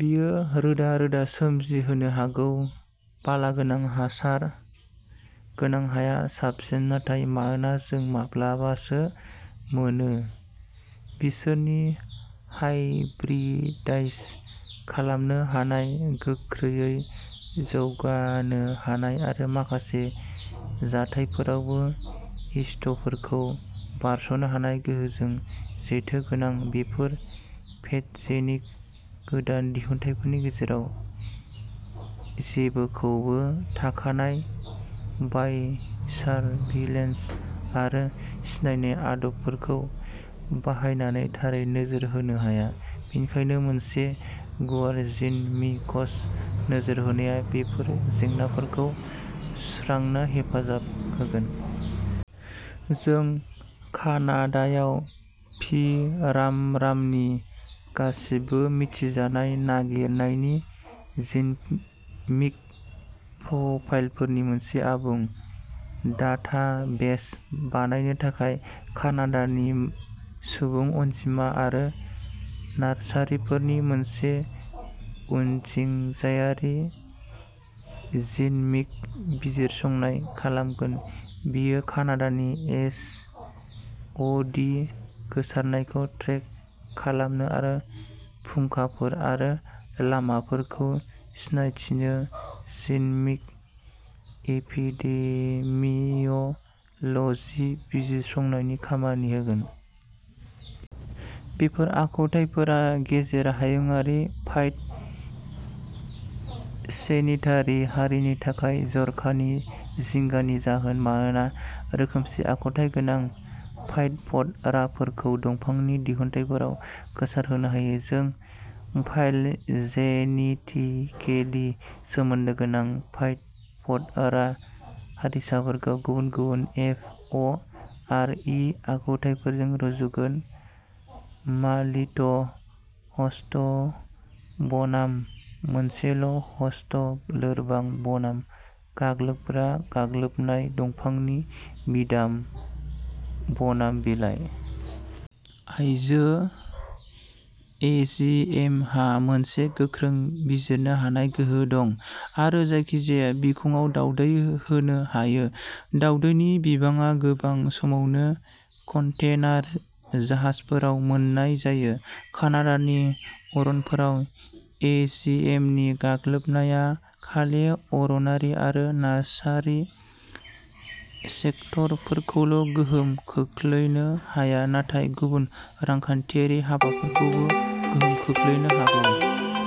बेयो रोदा-रोदा सोमजिहोनो हागौ। बालागोनां हासार गोनां हाया साबसिन, नाथाय मानोना जों माब्लाबासो मोनो। बिसोरनि हाइब्रिदाइज खालामनो हानाय, गोख्रैयै जौगानो हानाय आरो माखासे जाथायफोराव हस्टफोरखौ बारस'नो हानाय गोहोजों जेथो गोनां। बेफोर पेथ'जेनिक गोदान दिहुनथायफोरनि गेजेराव जेबोखौबो थाखानाय बाय'सार्भिलेन्स आरो सिनायनाय आदबफोरखौ बाहायनानै थारै नोजोर होनो हाया, बेनिखायनो मोनसे गुवार जिन'मिक्स नोजोर होनाया बेफोर जेंनाफोरखौ सुस्रांनो हेफाजाब होगोन। जों कानाडायाव पि. राम'रामनि गासिबो मिथिजानाय नागिरनायनि जिन'मिक प्रफाइलफोरनि मोनसे आबुं डाटाबेस बानायनो थाखाय कानाडानि सुबुं अनजिमा आरो नार्सारिफोरनि मोनसे उनथिंजायारि जिन'मिक बिजिरसंनाय खालामगोन। बेयो कानाडानि एस. अ. डि. गोसारनायखौ ट्रेक खालामनो आरो फुंखाफोर आरो लामाफोरखौ सिनायथिनो जिन'मिक एपिडेमिय'ल'जि बिजिरसंनायनि खामानि होगोन। बेफोर आखुथायफोरा गेजेर हायुंआरि फाइट'सेनिटारि हारिनि थाखाय जर'खा जिंगानि जाहोन, मानोना रोखोमसे आखुथाय गोनां फाइट'फथ'राफोरखौ दंफांनि दिहुनथायफोराव गोसारहोनो हायो। जों फाइल'जेनेटिकेलि सोमोन्दो गोनां फाइट'फथ'रा हारिसाफोरखौ गुबुन गुबुन एफ. अ '. आर. इ. आखुथायफोरजों रुजुगोनः माल्टि ह'स्ट बनाम मोनसेल'ह'स्ट, लोरबां बनाम गाग्लोबग्रा गाग्लोबनाय, दंफांनि बिदाम बनाम बिलाइ। आइजो एजिएमहा मोनसे गोख्रों बिरनो हानाय गोहो दं आरो जायखिजाया बिखंआव दावदै होनो हायो; दावदैनि बिबाङा गोबां समावनो कन्टेनार जाहाजफोराव मोननाय जायो। कानाडानि अरनफोराव एजिएमनि गाग्लोबनाया खालि अरनारि आरो नार्सारि सेक्टरफोरखौल'गोहोम खोख्लैनो हाया, नाथाय गुबुन रांखान्थियारि हाबाफोरखौबो गोहोम खोख्लैनो हागौ।